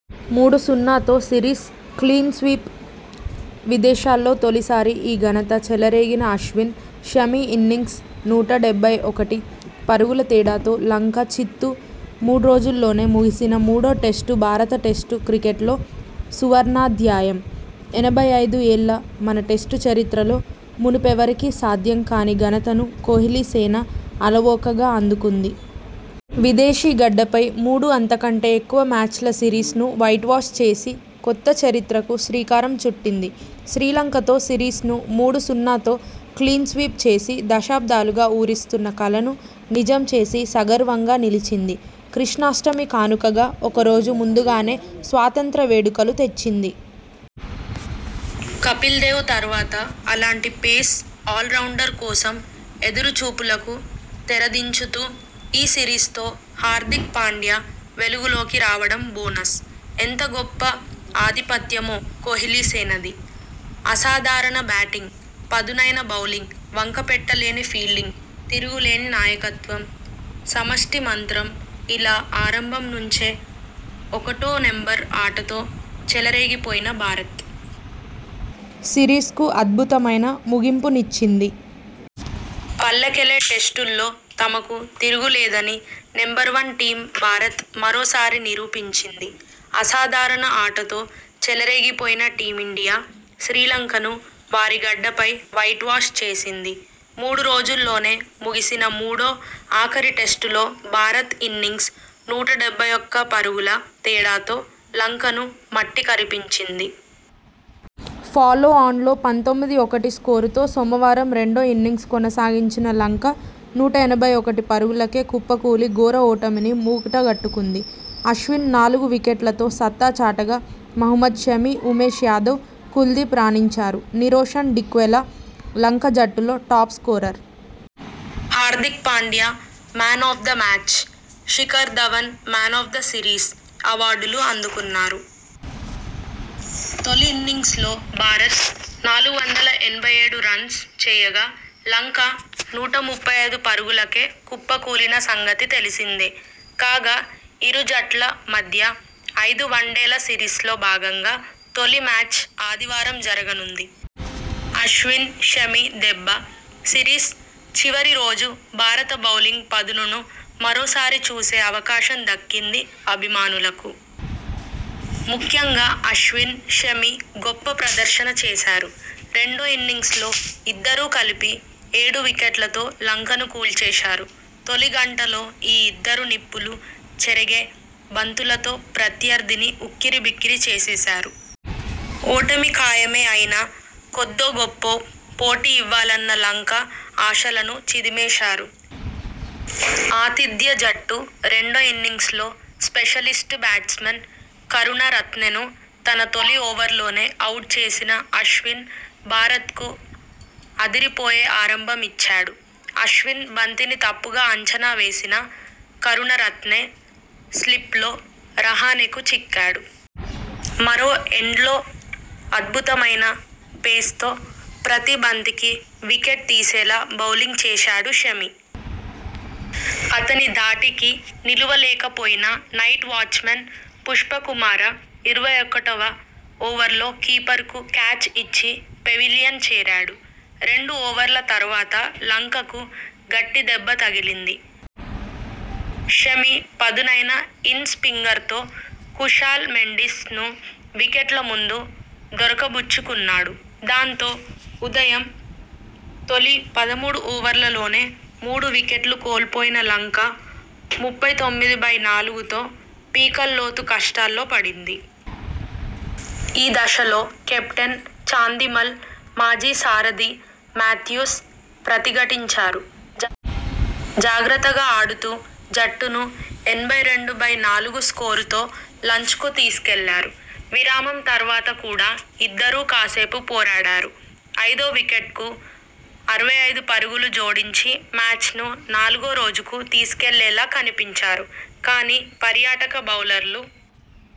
మూడు సున్నాతో series clean sweep విదేశాల్లో తొలిసారి ఈ ఘనత చెలరేగిన అశ్విన్, షమి ఇన్నింగ్స్ నూట డెబ్బై ఒకటి పరుగుల తేడాతో లంక చిత్తు మూడ్రోజుల్లోనే ముగిసిన మూడో టెస్టు భారత టెస్టు క్రికెట్లో సువర్ణాధ్యాయం.! ఎనభై ఐదు ఏళ్ల మన టెస్టు చరిత్రలో మునుపెవరికీ సాథ్యం కాని ఘనతను కోహ్లీ సేన అలవోకగా అందుకుంది.! విదేశీ గడ్డపై మూడు అంతకంటే ఎక్కువ మ్యాచ్ల సిరీస్ను వైట్వాష్ చేసి కొత్త చరిత్రకు శ్రీకారం చుట్టింది.! శ్రీలంకతో సిరీస్ను మూడు సున్నాతో క్లీన్స్వీప్ చేసి దశాబ్దాలుగా ఊరిస్తున్న కలను నిజం చేసి సగర్వంగా నిలిచింది.! కృష్ణాష్టమి కానుకగా ఒక రోజు ముందుగానే స్వాతంత్య్ర వేడుకలు తెచ్చింది.! కపిల్దేవ్ తర్వాత అలాంటి పేస్ ఆల్రౌండర్ కోసం ఎదురు చూపులకు తెరదించుతూ ఈ సిరీస్తో హార్దిక్ పాండ్యా వెలుగులోకి రావడం బోనస్.! ఎంత గొప్ప ఆధిపత్యమో కోహ్లీ సేనది.! అసాధారణ బ్యాటింగ్ పదునైన బౌలింగ్ వంకపెట్టలేని ఫీల్డింగ్ తిరుగులేని నాయకత్వం. సమష్టి మంత్రం ఇలా ఆరంభం నుంచే ఒకటో నెంబర్ ఆటతో చెలరేగిపోయిన భారత్ సిరీస్కు అద్భుతమైన ముగింపునిచ్చింది.! పల్లెకెలె టెస్టుల్లో తమకు తిరుగేలేదని నెంబర్ వన్ టీమ్ భారత్ మరోసారి నిరూపించింది. అసాధారణ ఆటతో చెలరేగిపోయిన టీమిండియా శ్రీలంకను వారి గడ్డపై వైట్వాష్ చేసింది. మూడు రోజుల్లోనే ముగిసిన మూడో, ఆఖరి టెస్టులో భారత్ ఇన్నింగ్స్ నూట డెబ్బై ఒకటి పరుగుల తేడాతో లంకను మట్టికరిపించింది. ఫాలో ఆన్లో పంతొమ్మిది ఒకటి స్కోరుతో సోమవారం రెండో ఇన్నింగ్స్ కొనసాగించిన లంక నూట ఎనభై ఒకటి పరుగులకే కుప్పకూలి ఘోర ఓటమిని మూటగట్టుకుంది. అశ్విన్ నాలుగు వికెట్లతో సత్తా చాటగా మహ్మద్ షమి, ఉమేష్ యాదవ్, కుల్దీప్ రాణించారు. నిరోషన్ డిక్వెలా లంక జట్టులో top scorer. Hardik Pandya 'man of the match', Shikhar Dhawan 'man of the series' అవార్డులు అందుకున్నారు. తొలి ఇన్నింగ్స్లో భారత్ నాలుగు వందల ఎనభై ఏడు రన్స్ చేయగా, లంక నూట ముప్పై ఐదు పరుగులకే కుప్పకూలిన సంగతి తెలిసిందే. కాగా, ఇరు జట్ల మధ్య ఐదు వన్డేల సిరీస్లో భాగంగా తొలి మ్యాచ్ ఆదివారం జరగనుంది. అశ్విన్, షమి దెబ్బ సిరీస్ చివరి రోజు భారత బౌలింగ్ పదునును మరోసారి చూసే అవకాశం దక్కింది అభిమానులకు. ముఖ్యంగా అశ్విన్, షమి గొప్ప ప్రదర్శన చేశారు. రెండో ఇన్నింగ్స్లో ఇద్దరూ కలిపి ఏడు వికెట్లతో లంకను కూల్చేశారు. తొలి గంటలో ఈ ఇద్దరు నిప్పులు చెరిగే బంతు లతో ప్రత్యర్థిని ఉక్కిరి బిక్కిరి చేసేశారు. ఓటమి ఖాయమే అయినా కొద్దో గొప్పో పోటీ ఇవ్వాలన్న లంక ఆశలను చిదిమేశారు. ఆతిథ్య జట్టు రెండో ఇన్నింగ్స్లో స్పెషలిస్ట్ బ్యాట్స్మన్ కరుణ రత్నెను తన తొలి ఓవర్లోనే అవుట్ చేసిన అశ్విన్ భారత్కు అదిపోయే ఆరంభం ఇచ్చాడు. అశ్విన్ బంతిని తప్పుగా అంచనా వేసిన కరుణ రత్నె స్లిప్లో రహానెకు చిక్కాడు. మరో ఎండ్లో అద్భుతమైన పేస్తో ప్రతీ బంతికి వికెట్ తీసేలా బౌలింగ్ చేశాడు షమి. అతని ధాటికి నిలువ లేకపోయిన నైట్ వాచ్మన్ పుష్పకుమార ఇరవై ఒకటివ ఓవర్లో కీపర్కు క్యాచ్ ఇచ్చి పెవిలియన్ చేరాడు. రెండు ఓవర్ల తర్వాత లంకకు గట్టి దెబ్బ తగిలింది. షమి పదునైన ఇన్ స్వింగర్తో కుశాల్ మెండిస్ ను వికెట్ల ముందు దొరక బుచ్చుకున్నాడు. దాంతో, ఉదయం తొలి పదమూడు ఓవర్లలోనే మూడు వికెట్లు కోల్పోయిన లంక ముప్పై తొమ్మిది నాలుగుతో పీకల్లోతు కష్టాల్లో పడింది. ఈ దశలో కెప్టెన్ చాందిమల్, మాజీ సారథి మాథ్యూస్ ప్రతిఘటించారు. జాగ్రత్తగా ఆడుతూ జట్టును ఎనభై రెండు నాలుగు స్కోరుతో లంచ్కు తీసుకెళ్లారు. విరామం తర్వాత కూడా ఇద్దరూ కాసేపు పోరాడారు. ఐదో వికెట్కు అరవై ఐదు పరుగులు జోడించి మ్యాచ్ను నాలుగో రోజుకు తీసుకెళ్లేలా కనిపించారు. కానీ, పర్యాటక బౌలర్లు